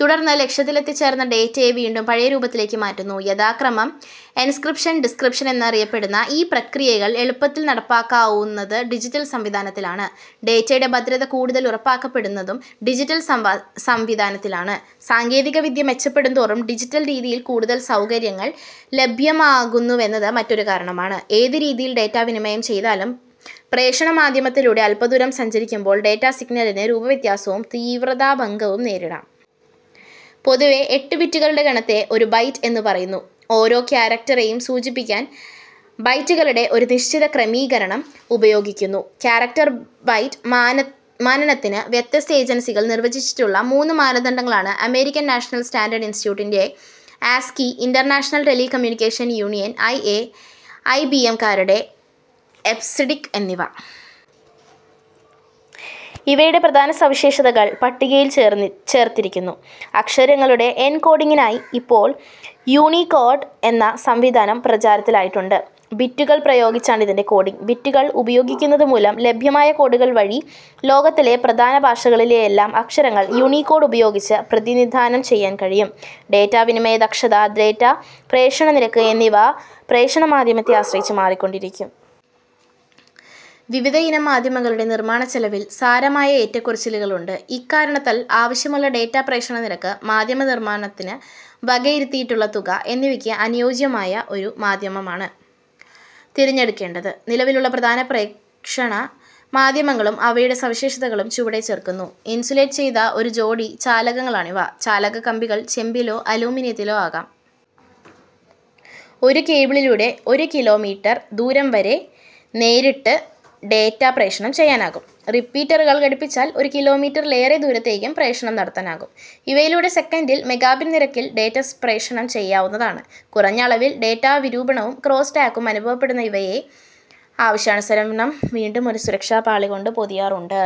തുടർന്ന് ലക്ഷ്യത്തിൽ എത്തിച്ചേർന്ന ഡേറ്റയെ വീണ്ടും പഴയ രൂപത്തിലേക്കു മാറ്റുന്നു. യഥാക്രമം എൻക്രിപ്ഷൻ/ഡിക്രിപ്ഷൻ എന്നറിയപ്പെടുന്ന ഈ പ്രക്രിയകൾ എളുപ്പത്തിൽ നടപ്പാക്കാവുന്നത് ഡിജിറ്റൽ സംവിധാനത്തിലാണ്. ഡേറ്റയുടെ ഭദ്രത കൂടുതൽ ഉറപ്പാക്കപ്പെടുന്നതും ഡിജിറ്റൽ സംവിധാനത്തിലാണ്. സാങ്കേതികവിദ്യ മെച്ചപ്പെടുന്തോറും ഡിജിറ്റൽ രീതിയിൽ കൂടുതൽ സൌകര്യങ്ങൾ ലഭ്യമാകുന്നുവെന്നത് മറ്റൊരു കാരണമാണ്. ഏതു രീതിയിൽ ഡേറ്റ വിനിമയം ചെയ്താലും പ്രേഷണ മാധ്യമത്തിലൂടെ അല്പദൂരം സഞ്ചരിക്കുമ്പോൾ ഡേറ്റാ സിഗ്നലിന് രൂപവ്യത്യാസവും തീവ്രതാഭംഗവും നേരിടാം. പൊതുവേ എട്ടു ബിറ്റുകളുടെ ഗണത്തെ ഒരു ബൈറ്റ് എന്നു പറയുന്നു. ഓരോ ക്യാരക് റ്ററേയും സൂചിപ്പിക്കാൻ ബൈറ്റുകളുടെ ഒരു നിശ്ചിത ക്രമീകരണം ഉപയോഗിക്കുന്നു. ക്യാരക് റ്റർ ബൈറ്റ് മാനനത്തിന്, വ്യത്യസ്ത ഏജൻസികൾ നിർവചിച്ചിട്ടുള്ള മൂന്നു മാനദണ്ഡങ്ങളാണ് അമേരിക്കൻ നാഷണൽ സ്റ്റാൻഡേഡ് ഇൻസ്റ്റിറ്റ്യൂട്ടിന്റെ ആസ്കി, ഇന്റർനാഷണൽ ടെലിക്കമ്യൂണിക്കേഷൻ യൂണിയന്റെ ഐഎ, ഐബിഎം കാരുടെ എബ്സിഡിക് എന്നിവ. ഇവയുടെ പ്രധാന സവിശേഷതകൾ പട്ടികയിൽ ചേർത്തിരിക്കുന്നു. അക്ഷരങ്ങളുടെ എൻകോഡിങ്ങിനായി ഇപ്പോൾ യൂണികോഡ് എന്ന സംവിധാനം പ്രചാരത്തിലായിട്ടുണ്ട്. ബിറ്റുകൾ ഉപയോഗിച്ചാണ് ഇതിന്റെ കോഡിങ്. ബിറ്റുകൾ ഉപയോഗിക്കുന്നതുമൂലം ലഭ്യമായ കോഡുകൾ വഴി ലോകത്തിലെ പ്രധാന ഭാഷകളിലെയെല്ലാം അക്ഷരങ്ങൾ യൂണികോഡ് ഉപയോഗിച്ച് പ്രതിനിധാനം ചെയ്യാൻ കഴിയും. ഡേറ്റാ വിനിമയ ദക്ഷത, ഡേറ്റാ പ്രേഷണ നിരക്ക് എന്നിവ പ്രേഷണ മാധ്യമത്തെ ആശ്രയിച്ച് മാറിക്കൊണ്ടിരിക്കും. വിവിധയിനം മാധ്യമങ്ങളുടെ നിർമ്മാണച്ചെലവിൽ സാരമായ ഏറ്റക്കുറച്ചിലുകളുണ്ട്. ഇക്കാരണത്താൽ ആവശ്യമുള്ള ഡേറ്റാ പ്രേഷണ നിരക്ക്, മാധ്യമ നിർമ്മാണത്തിനു വകയിരുത്തിയിട്ടുള്ള തുക എന്നിവയ്ക്ക് അനുയോജ്യമായ ഒരു മാധ്യമമാണ് തിരഞ്ഞെടുക്കേണ്ടത്. നിലവിലുള്ള പ്രധാന പ്രേഷണ മാധ്യമങ്ങളും അവയുടെ സവിശേഷതകളും ചുവടെ ചേർക്കുന്നു. ഇൻസുലേറ്റ് ചെയ്ത ഒരു ജോഡി ചാലകങ്ങളാണിവ. ചാലക കമ്പികൾ ചെമ്പിലോ അലൂമിനിയത്തിലോ ആകാം. ഒരു കേബിളിലൂടെ ഒരു കി. മീ. ദൂരം വരെ നേരിട്ട് ഡേറ്റാ പ്രേഷണം ചെയ്യാനാകും. റിപ്പീറ്ററുകൾ ഘടിപ്പിച്ചാൽ ഒരു കി. മീ. -ലേറെ ദൂരത്തേക്കും പ്രേഷണം നടത്താനാകും. ഇവയിലൂടെ സെക്കൻഡിൽ മെഗാബിറ്റ് നിരക്കിൽ ഡേറ്റ പ്രേഷണം ചെയ്യാ വുന്നതാണ്. കുറഞ്ഞ അളവിൽ ഡേറ്റാ വിരൂപണവും ക്രോസ് ടാക്കും അനുഭവപ്പെടുന്ന ഇവയെ ആവശ്യാനുസരണം വീണ്ടും ഒരു സുരക്ഷാപാളികൊണ്ടു പൊതിയാറുണ്ട്.